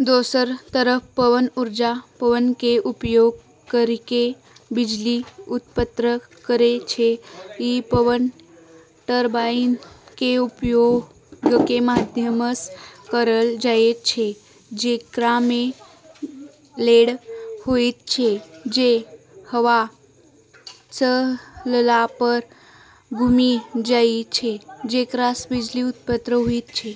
दोसर तरफ पवन ऊर्जा, पवनके उपयोग करिके बिजली उत्पन्न करै छै। ई पवन टरबाइनके उपयोगके माध्यमसँ करल जाइ छै, जेकरामे ब्लेड होइत छै जे हवा चलला पर घुमि जाइ छै, जेकरासँ बिजली उत्पन्न होइत छै।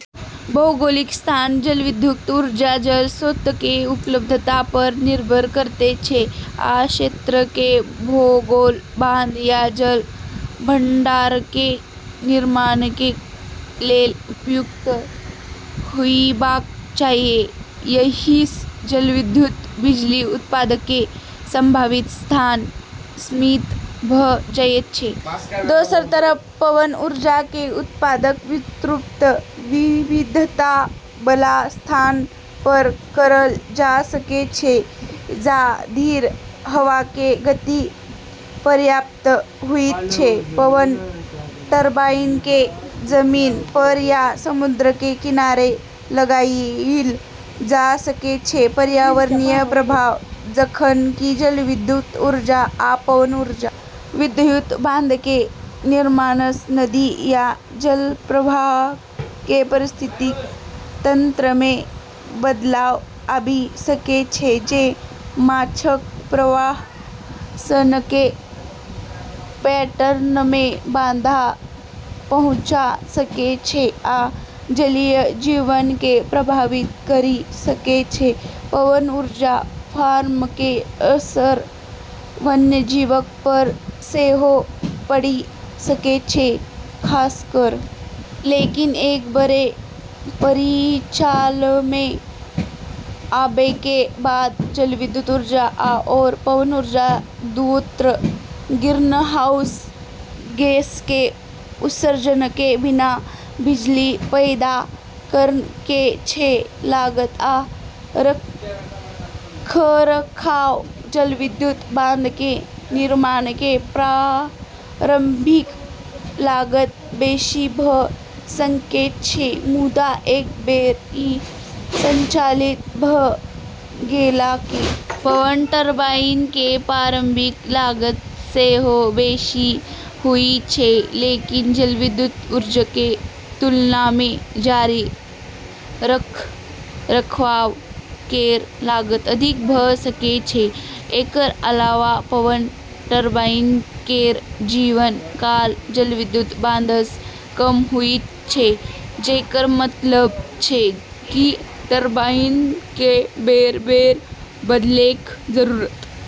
भौगोलिक स्थान: जलविद्युत ऊर्जा जल स्रोतके उपलब्धता पर निर्भर करैत छै, आ क्षेत्रके भूगोल, बांध या जल भंडारके निर्माणके लेल उपयुक्त होइबाक चाही। एहिसँ जलविद्युत बिजली उत्पादनके संभावित स्थान सीमित भ' जाइत छै। दोसर तरफ पवन ऊर्जा केर उत्पादन विस्तृत विविधताबला स्थान पर करल जा सकै छै, जा धरि हवाके गति पर्याप्त होइत छै। पवन टरबाइनके जमीन पर या समुद्रके किनारे लगाइल जा सकै छै। पर्यावरणीय प्रभाव: जखन कि जलविद्युत ऊर्जा आ पवन ऊर्जा दुन्नूके पर्यावरणीय प्रभाव गैर-नवीनीकरणीय स्रोतके तुलनामे बहुत कम होइत छै, मुदा एकर किछ नकारात्मक प्रभाव तइयो छै। जलविद्युत बांधके निर्माणसँ नदी या जलप्रवाहके पारिस्थितिकी तंत्रमे बदलाव आबि सकै छै, जे माछक प्रवासनके पैटर्नमे बाधा पहुंचा सकै छै आ जलीय जीवनके प्रभावित करि सकै छै। पवन ऊर्जा फार्मके असर वन्यजीवक पर सेहो पड़ि सकै छै, खासकर पक्षी आ चमगादड़क पर जे टरबाइनसँ टकरा सकै छै। लेकिन एक बेर परिचालनमे आबैके बाद जलविद्युत ऊर्जा आओर पवन ऊर्जा दुन्नू ग्रीनहाउस गैसके उत्सर्जनके बिना बिजली पैदा करै छै। लागत आ रखरखाव: जलविद्युत बांधके निर्माणके प्रारम्भिक लागत बेशी भ' सकै छै, मुदा एक बेर ई संचालित भ' गेलाके बाद बिजली उत्पादनके लागत अपेक्षाकृत कम भ' जाइत छै। पवन टरबाइन केर प्रारंभिक लागत सेहो बेशी होइ छै, लेकिन जलविद्युत ऊर्जाके तुलनामे जारी रखरखाव केर लागत अधिक भ' सकै छै। एकर अलावा पवन टरबाइन केर जीवन काल जलविद्युत बांधसँ कम होइ छै, जेकर मतलब छै कि टरबाइनके बेर - बेर बदलैके जरूरत पड़ि सकै छै।